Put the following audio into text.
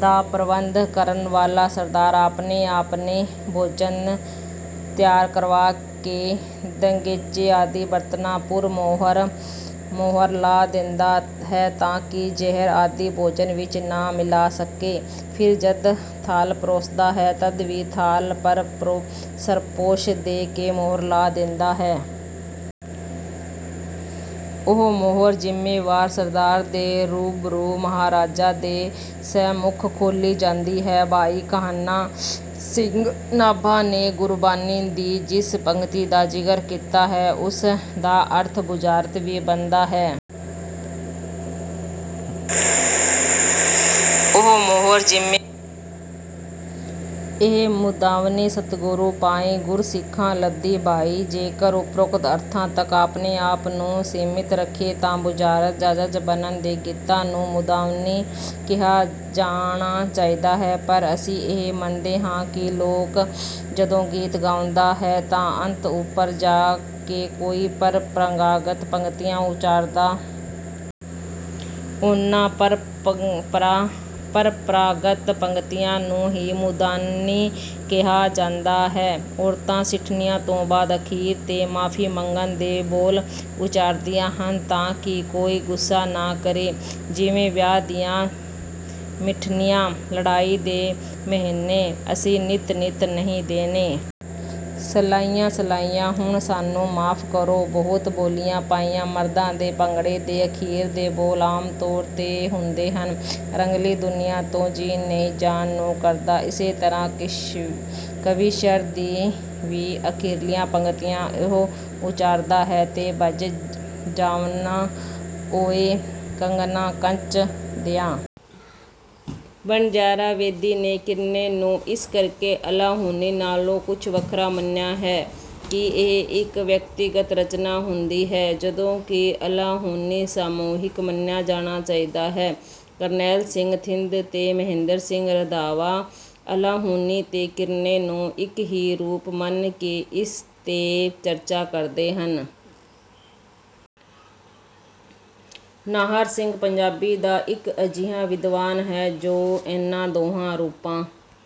ਦਾ ਪ੍ਰਬੰਧ ਕਰਨ ਵਾਲਾ ਸਰਦਾਰ ਆਪਣੇ ਆਪਣੇ ਭੋਜਨ ਤਿਆਰ ਕਰਵਾ ਕਿ ਦਗੇਂਚੇ ਆਦਿ ਬਰਤਨਾਂ ਪੁਰ ਮੋਹਰ ਲਾ ਦਿੰਦਾ ਹੈ ਤਾਂ ਕਿ ਜ਼ਹਿਰ ਆਦਿ ਭੋਜਨ ਵਿੱਚ ਨਾ ਮਿਲਾ ਸਕੇ, ਫਿਰ ਜਦ ਥਾਲ ਪਰੋਸਦਾ ਹੈ ਤਦ ਵੀ ਥਾਲ ਪਰ ਸਰਪੋਸ਼ ਦੇ ਕੇ ਮੋਹਰ ਲਾ ਦਿੰਦਾ ਹੈ। ਉਹ ਮੋਹਰ ਜੁੰਮੇਵਾਰ ਸਰਦਾਰ ਦੇ ਰੂਬਰੂ ਮਹਾਰਾਜਾ ਦੇ ਸੰਮੁਖ ਖੋਲ੍ਹੀ ਜਾਂਦੀ ਹੈ। " ਭਾਈ ਕਾਹਨਾ ਸਿੰਘ ਨਾਭਾ ਨੇ ਗੁਰਬਾਣੀ ਦੀ ਜਿਸ ਪੰਗਤੀ ਦਾ ਜ਼ਿਗਰ ਕੀਤਾ ਹੈ ਉਸ ਦਾ ਅਰਥ ਬੁਝਾਰਤ ਵੀ ਬਣਦਾ ਹੈ। 'ਇਹ ਮੁੰਦਾਵਣੀ ਸਤਿਗੁਰੂ ਪਾਈ, ਗੁਰਸਿੱਖਾਂ ਲੱਧੀ ਭਾਈ"। ਜੇਕਰ ਉਪਰੋਕਤ ਅਰਥਾਂ ਤੱਕ ਆਪਣੇ ਆਪ ਨੂੰ ਸੀਮਤ ਰੱਖੀਏ ਤਾਂ ਬੁਝਾਰਤ ਜਾਂ ਜੰਜ ਬੰਨ੍ਹਣ ਦੇ ਗੀਤਾਂ ਨੂੰ ਮੁੰਦਾਵਣੀ ਕਿਹਾ ਜਾਣਾ ਚਾਹੀਦਾ ਹੈ। ਪਰ ਅਸੀਂ ਇਹ ਮੰਨਦੇ ਹਾਂ ਕਿ 'ਲੋਕ' ਜਦੋਂ ਗੀਤ ਗਾਉਂਦਾ ਹੈ ਤਾਂ ਅੰਤ ਉਪਰ ਜਾ ਕੇ ਕੋਈ ਪਰਪਰਾੰਗਤ ਪੰਗਤੀਆਂ ਉਚਾਰਦਾ ਹੈ। ਉਨ੍ਹਾਂ ਪਰਪਰਾਗਤ ਪੰਗਤੀਆਂ ਨੂੰ ਹੀ ਮੁੰਦਾਣੀ ਕਿਹਾ ਜਾਂਦਾ ਹੈ। ਔਰਤਾਂ ਸਿੱਠਣੀਆਂ ਤੋਂ ਬਾਦ ਅਖੀਰ ਤੇ ਮਾਫ਼ੀ ਮੰਗਣ ਦੇ ਬੋਲ ਉਚਾਰਦੀਆਂ ਹਨ ਤਾਂ ਕਿ ਕੋਈ ਗੁੱਸਾ ਨਾ ਕਰੇ। ਜਿਵੇਂ, -ਵਿਆਹ ਦੀਆਂ ਮਿਠਣੀਆਂ, ਲੜਾਈ ਦੇ ਮਿਹਣੇ ਅਸੀਂ ਨਿੱਤ ਨਿੱਤ ਨਹੀਂ ਦੇਣੇ। ਸਲਾਈਆਂ ਸਲਾਈਆਂ, ਹੁਣ ਸਾਨੂੰ ਮਾਫ ਕਰੋ ਬਹੁਤ ਬੋਲੀਆਂ ਪਾਈਆਂ ਮਰਦਾਂ ਦੇ ਭੰਗੜੇ ਦੇ ਅਖੀਰ ਦੇ ਬੋਲ ਆਮ ਤੌਰ ਤੇ ਹੁੰਦੇ ਹਨ; -ਰੰਗਲੀ ਦੁਨੀਆਂ ਤੋਂ ਜੀਅ ਨੀ ਜਾਣ ਨੂੰ ਕਰਦਾ। ਇਸੇ ਤਰ੍ਹਾ ਕਵੀਸ਼ਰ ਵੀ ਅਖੀਰਲੀਆਂ ਪੰਗਤੀਆਂ ਇਹੋਂ ਉਚਾਰਦਾ ਹੈ; ਤੈਂ ਭੱਜ ਜਾਵਣਾ ਉਏ ਕੰਗਣਾ ਕੰਚ ਦਿਆ। ਵਣਜਾਰਾ ਬੇਦੀ ਨੇ ਕੀਰਨੇ ਨੂੰ ਇਸ ਕਰਕੇ ਅਲਾਹੁਣੀ ਨਾਲੋ ਕੁਝ ਵੱਖਰਾ ਮੰਨਿਆ ਹੈ ਕਿ ਇਹ ਇੱਕ ਵਿਅਕਤੀਗਤ ਰਚਨਾ ਹੁੰਦੀ ਹੈ ਜਦੋਂ ਕਿ ਅਲਾਹੁਣੀ ਸਾਮੂਹਿਕ ਮੰਨਿਆਂ ਜਾਣਾ ਚਾਹੀਦਾ ਹੈ। ਕਰਨੈਲ ਸਿੰਘ ਥਿੰਦ ਤੇ ਮਹਿੰਦਰ ਸਿੰਘ ਰੰਧਾਵਾ ਅਲਾਹੁਣੀ ਤੇ ਕੀਰਨੇ ਨੂੰ ਇਕ ਹੀ ਰੂਪ ਮੰਨ ਕੇ ਇਸ ਤੇ ਚਰਚਾ ਕਰਦੇ ਹਨ। ਨਾਹਰ ਸਿੰਘ ਪੰਜਾਬੀ ਦਾ ਇੱਕ ਅਜਿਹਾ ਵਿਦਵਾਨ ਹੈ ਜੋ ਇਨ੍ਹਾਂ ਦੋਹਾਂ ਰੂਪਾਂ